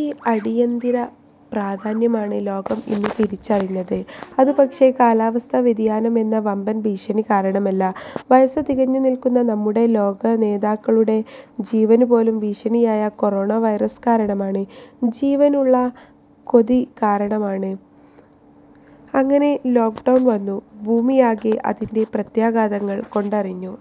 ഈ അടിയന്തിര പ്രാധാന്യമാണ് ലോകം ഇന്ന് തിരിച്ചറിഞ്ഞത്. അതു പക്ഷേ, കാലാവസ്ഥാ വ്യതിയാനം എന്ന വമ്പൻ ഭീഷണി കാരണമല്ല. വയസ്സു തികഞ്ഞു നില്‍ക്കുന്ന നമ്മുടെ ലോകനേതാക്കളുടെ ജീവനുപോലും ഭീഷണിയായ കൊറോണ വൈറസ് കാരണമാണ്. ജീവനിലുള്ള കൊതി കാരണമാണ്. അങ്ങനെ ലോക്ക്ഡൗൺ വന്നു. ഭൂമിയാകെ അതിന്‍റെ പ്രത്യാഘാതങ്ങള്‍ കൊണ്ടറിഞ്ഞു.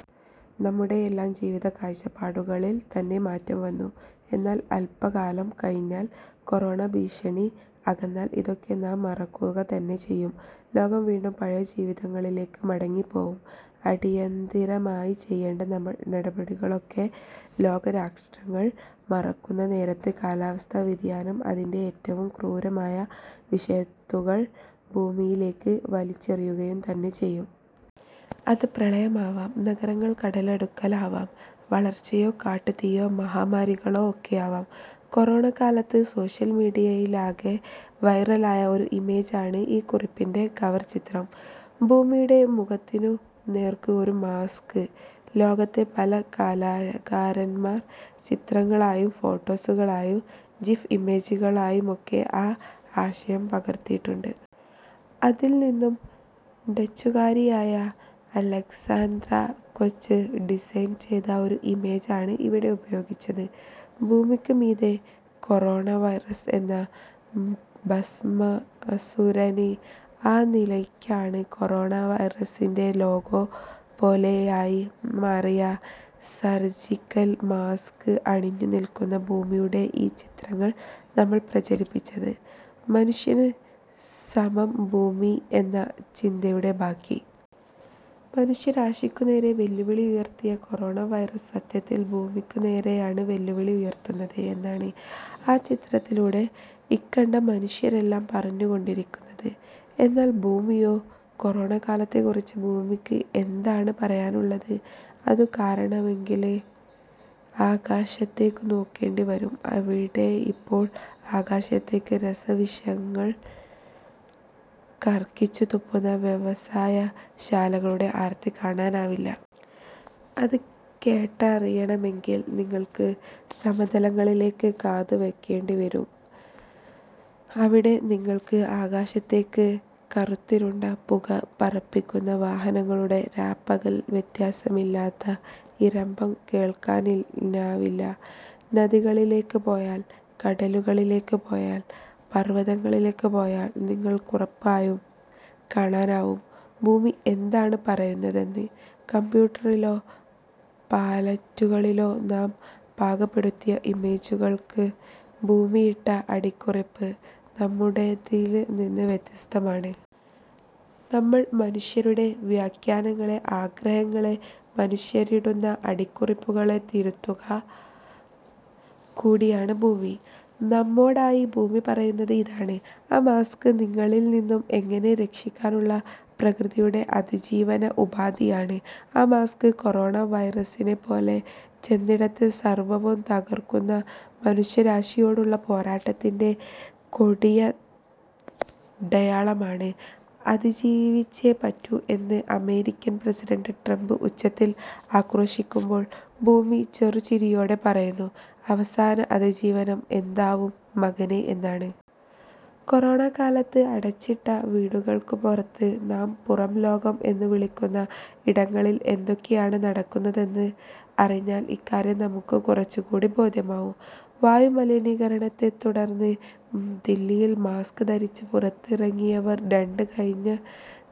നമ്മുടെയല്ലാം ജീവത കാഴ്ചപ്പാടുകളില്‍ തന്നെ മാറ്റം വന്നു. എന്നാല്‍, അല്പകാലം കഴിഞ്ഞാല്‍, കൊറോണ ഭീഷണി അകന്നാല്‍, ഇതൊക്കെ നാം മറക്കുക തന്നെ ചെയ്യും. ലോകം വീണ്ടും പഴയ ജീവിതങ്ങളിലേക്ക് മടങ്ങിപ്പോവും. അടിയന്തിരമായി ചെയ്യേണ്ട നടപടികളൊക്കെ ലോകരാഷ്ട്രങ്ങൾ മറക്കുന്ന നേരത്ത്, കാലാവസ്ഥാ വ്യതിയാനം, അതിന്‍റെ ഏറ്റവും ക്രൂരമായ വിഷവിത്തുകള്‍ ഭൂമിയിലേക്ക് വലിച്ചെറിയുക തന്നെ ചെയ്യും. അത് പ്രളയമാവാം, നഗരങ്ങള്‍ കടലെടുക്കലാവാം, വളർച്ചയോ കാട്ടുതീയോ മഹാമാരികളോ ഒക്കെയാവാം. കൊറോണക്കാലത്ത് സോഷ്യല്‍ മീഡിയയിലാകെ വൈറലായ ഒരു ഇമേജ് ആണ് ഈ കുറിപ്പിന്‍റെ കവർ ചിത്രം. ഭൂമിയുടെ മുഖത്തിനു നേര്‍ക്കു ഒരു മാസ്ക്. ലോകത്തെ പല കലാകാരന്‍മാര്‍ ചിത്രങ്ങളായും ഫോട്ടോഗ്രാഫുകളും ജിഫ് ഇമേജുകളായുമൊക്കെ ആ ആശയം പകര്‍ത്തിയിട്ടുണ്ട്. അതില്നിന്നും, ഡച്ചുകാരിയായ അലക്സാന്ദ്ര കോച്ച് ഡിസൈന് ചെയ്ത ഒരു ഇമേജാണ് ഇവിടെ ഉപയോഗിച്ചത്. ഭൂമിക്കു മീതെ കൊറോണ വൈറസ് എന്ന ഭസ്മാസുരന്. ആ നിലയ്ക്കാണ്, കൊറോണ വൈറസിന്‍റെ ലോഗോ പോലെയായി മാറിയ, സർജിക്കല് മാസ്ക് അണിഞ്ഞു നില്‍ക്കുന്ന ഭൂമിയുടെ ഈ ചിത്രങ്ങള്‍ നമ്മള്‍ പ്രചരിപ്പിച്ചത്. മനുഷ്യന് സമം ഭൂമി എന്ന ചിന്തയുടെ ബാക്കി. മനുഷ്യരാശിക്കു നേരെ വെല്ലുവിളി ഉയര്‍ത്തിയ കൊറോണ വൈറസ് സത്യത്തില്‍ ഭൂമിക്കു നേരെയാണ് വെല്ലുവിളി ഉയര്‍ത്തുന്നത് എന്നാണ്, ആ ചിത്രത്തിലൂടെ ഇക്കണ്ട മനുഷ്യരെല്ലാം പറഞ്ഞു കൊണ്ടിരിക്കുന്നത്. എന്നാല്‍ ഭൂമിയോ? കൊറോണക്കാലത്തെക്കുറിച്ച് ഭൂമിക്ക് എന്താണ് പറയാനുള്ളത്? അതു കാണണമെങ്കില്, ആകാശത്തേക്കു നോക്കേണ്ടി വരും. അവിടെയിപ്പോൾ ആകാശത്തേക്ക് രാസവിഷങ്ങൾ കാര്‍ക്കിച്ചു തുപ്പുന്ന വ്യവസായ ശാലകളുടെ ആര്‍ത്തി കാണാനാവില്ല. അത് കേട്ടറിയണമെങ്കില്‍, നിങ്ങള്‍ക്ക് സമതലങ്ങളിലേക്ക് കാതുവെക്കേണ്ടി വരും. അവിടെ നിങ്ങള്‍ക്ക്, ആകാശത്തേക്ക് കറുത്തിരുണ്ട പുക പറപ്പിക്കുന്ന വാഹനങ്ങളുടെ, രാപ്പകല്‍ വ്യത്യാസമില്ലാത്ത ഇരമ്പം കേള്‍ക്കാനാവില്ല. നദികളിലേക്ക് പോയാല്‍, കടലുകളിലേക്ക് പോയാല്‍, പര്‍വതങ്ങളിലേക്കു പോയാല്‍ നിങ്ങൾക്കുറപ്പായും കാണാനാവും, ഭൂമി എന്താണ് പറയുന്നതെന്ന്. കമ്പ്യൂട്ടറിലോ പാലറ്റുകളിലോ നാം പാകപ്പെടുത്തിയ ഇമേജുകള്‍ക്ക് ഭൂമിയിട്ട അടിക്കുറിപ്പ് നമ്മുടേതില്നിന്ന് വ്യത്യസ്തമാണ്. നമ്മള്‍ മനുഷ്യരുടെ വ്യാഖ്യാനങ്ങളെ, ആഗ്രഹങ്ങളെ, മനുഷ്യരിടുന്ന അടിക്കുറിപ്പുകളെ തിരുത്തുക കൂടിയാണ് ഭൂമി. നമ്മോടായി ഭൂമി പറയുന്നത് ഇതാണ്: ' ആ മാസ്ക് നിങ്ങളില്നിന്നും എന്നെ രക്ഷിക്കാനുള്ള പ്രകൃതിയുടെ അതിജീവന ഉപാധിയാണ്. ആ മാസ്ക്, കൊറോണ വൈറസിനെപ്പോലെ ചെന്നിടത്തെ സര്‍വ്വവും തകര്‍ക്കുന്ന മനുഷ്യരാശിയോടുള്ള പോരാട്ടത്തിന്‍റെ കൊടിയടയാളമാണ്. ' അതിജീവിച്ചേ പറ്റൂ എന്ന് അമേരിക്കന്‍ പ്രസിഡന്‍റ് ട്രംപ് ഉച്ചത്തില്‍ ആക്രോശിക്കുമ്പോള്‍, ഭൂമി ചെറു ചിരിയോടെ പറയുന്നത്, അവസാന അതിജീവനം എന്താവും മകനേ എന്നാണ്. കൊറോണക്കാലത്ത് അടച്ചിട്ട വീടുകള്‍ക്കു പുറത്ത്, നാം പുറം ലോകം എന്നു വിളിക്കുന്ന ഇടങ്ങളില്‍ എന്തൊക്കെയാണ് നടക്കുന്നതെന്ന് അറിഞ്ഞാല്‍, ഇക്കാര്യം നമുക്ക് കുറച്ചു കൂടി ബോധ്യമാവും. വായുമലിനീകരണത്തെത്തുടർന്നു ദില്ലിയിൽ മാസ്ക് ധരിച്ച് പുറത്തിറങ്ങിയവര്‍ രണ്ട് കഴിഞ്ഞ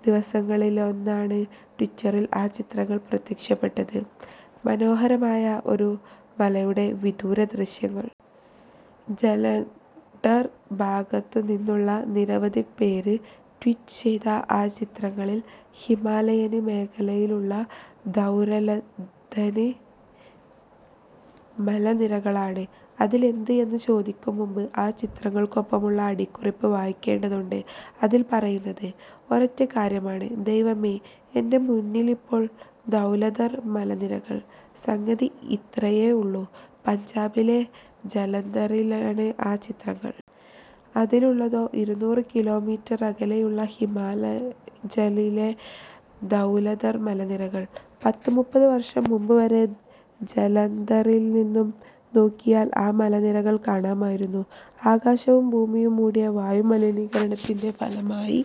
ദിവസങ്ങളിലൊന്നാണ്, ട്വിറ്ററിൽ ആ ചിത്രങ്ങള്‍ പ്രത്യക്ഷപ്പെട്ടത്. മനോഹരമായ ഒരു മലയുടെ വിദൂരദൃശ്യങ്ങൾ. ജലന്ധര്‍ ഭാഗത്തുനിന്നുള്ള നിരവധി പേര് ട്വീറ്റ് ചെയ്ത ആ ചിത്രങ്ങളില്‍ ഹിമാലയന് മേഖലയിലുള്ള ധൗലധര് മലനിരകളാണ്. അതിലെന്ത് എന്നു ചോദിക്കും മുമ്പ്, ആ ചിത്രങ്ങള്ക്കൊപ്പമുള്ള അടിക്കുറിപ്പ് വായിക്കേണ്ടതുണ്ട്. അതിൽപറയുന്നത് ഒരൊറ്റക്കാര്യമാണ്, ദൈവമേ, എന്‍റെ മുന്നിലിപ്പോൾ ധൗലധർ മലനിരകൾ! സംഗതി ഇത്രയേ ഉള്ളൂ. പഞ്ചാബിലെ ജലന്ധറില്നിന്നാണ് ആ ചിത്രങ്ങള്‍. അതിലുള്ളതോ ഇരുനൂറ് കിലോ മീറ്റര്‍ അകലെയുള്ള ഹിമാചലിലെ ധൗലധർ മലനിരകൾ. പത്തു മുപ്പതു വര്‍ഷം മുമ്പുവരെ ജലന്ധറില്നിന്നും നോക്കിയാല്‍ ആ മലനിരകൾ കാണാമായിരുന്നു. ആകാശവും ഭൂമിയും മൂടിയ വായുമലിനീകരണത്തിന്റെ ഫലമായി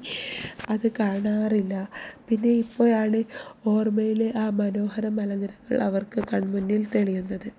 അത് കാണാറില്ല. പിന്നെ ഇപ്പോഴാണ്, ഓര്‍മ്മയിലെ ആ മനോഹര മലനിരകൾ അവര്‍ക്കു കണ്‍മുന്നില്‍ തെളിയുന്നത്.